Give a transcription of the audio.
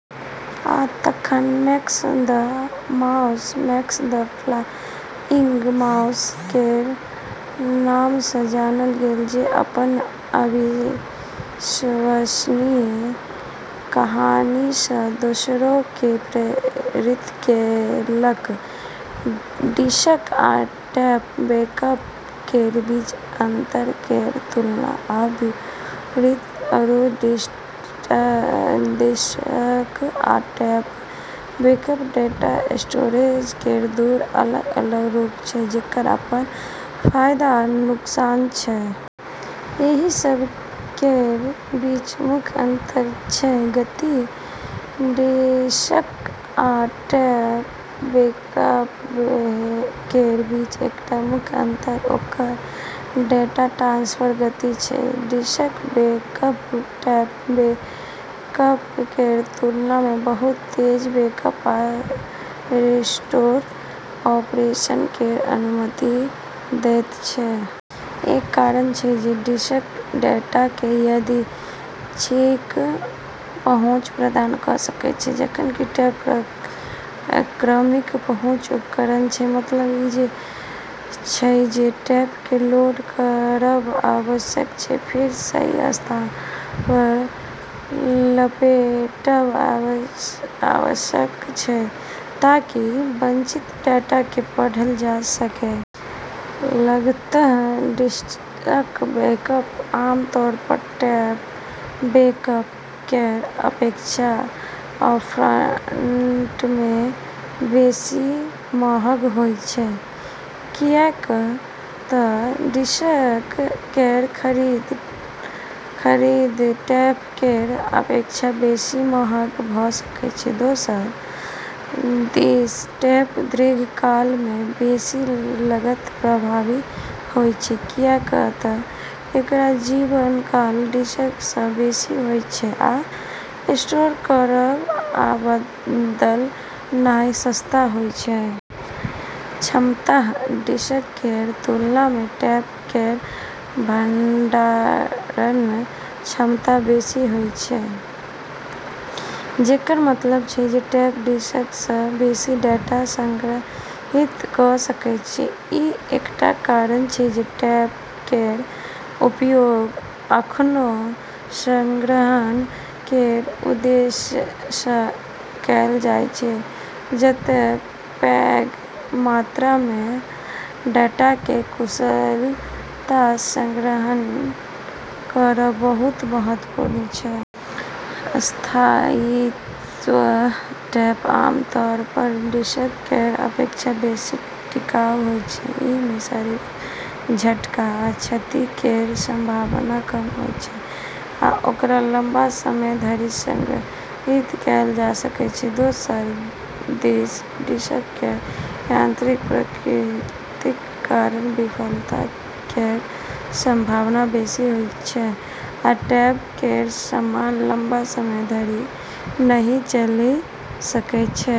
आ तखन, Max the mouse 'Max the flying mouse' केर नामसँ जानल गेल, जे अपन अविश्वसनीय कहानीसँ दोसरोकेँ प्रेरित केलक। डिस्क आ टेप बैकअप केर बीच अंतर केर तुलना आ विपरीत करू। डिस्क आ टेप बैकअप डेटा स्टोरेज केर दू अलग-अलग रूप छै जेकर अपन फायदा आ नुकसान छै। एहि सभ केर बीच मुख्य अंतर छै: गति: डिसक आ टेप बैकअप केर बीच एकटा मुख्य अंतर ओकर डेटा ट्रांसफर गति छै। डिसक बैकअप टेप बैकअप केर तुलनामे बहुत तेज बैकअप आ रिस्टोर ऑपरेशन केर अनुमति दैत छै। एकर कारण छै जे डिसक डेटाकेँ यादृच्छिक पहुँच प्रदान कऽ सकैत छै, जखन कि टेप क्रमिक पहुँच उपकरण छै, मतलब ई जे छै जे टेपकेँ लोड करब आवश्यक छै, फेर सही स्थानपर लपेटब आवश्यक छै ताकि वंछित डेटाकेँ पढ़ल जा सकए। लागत: डिसक बैकअप आमतौरपर टेप बैकअप केर अपेक्षा अपफ्रंटमे बेसी महग होइत छै, किऐक तऽ डिसक केर खरीद टेप केर अपेक्षा बेसी महग भऽ सकैत छै। दोसर दिस टेप दीर्घकालमे बेसी लागत प्रभावी होइत छै, किऐक तऽ एकर जीवन काल डिसक सँ बेसी होइत छै आ स्टोर करब आ बदलनाइ सस्ता होइत छै। क्षमता: डिसक केर तुलनामे टेप केर भंडारण क्षमता बेसी होइत छै, जेकर मतलब छै जे टेप डिस्क सँ बेसी डेटा संग्रहीत कऽ सकैत छै। ई एकटा कारण छै जे टेप केर उपयोग अखनो संग्रहण केर उद्देश्यसँ कएल जाइत छै, जतए पैग मात्रामे डेटाकेँ कुशलतासँ संग्रहण करब बहुत महत्वपूर्ण छै। स्थायित्व: टेप आमतौरपर डिसक केर अपेक्षा बेसी टिकाऊ होइत छै। एहिमे शारीरिक झटका वा क्षति केर संभावना कम होइत छै, आ ओकरा लंबा समय धरि संग्रहित कएल जा सकैत छै। दोसर दिस डिसक केर यांत्रिक प्रकृतिक कारण विफलता केर संभावना बेसी होइत छै, आ टेप केर समान लंबा समय धरि नहि चलि सकैत छै।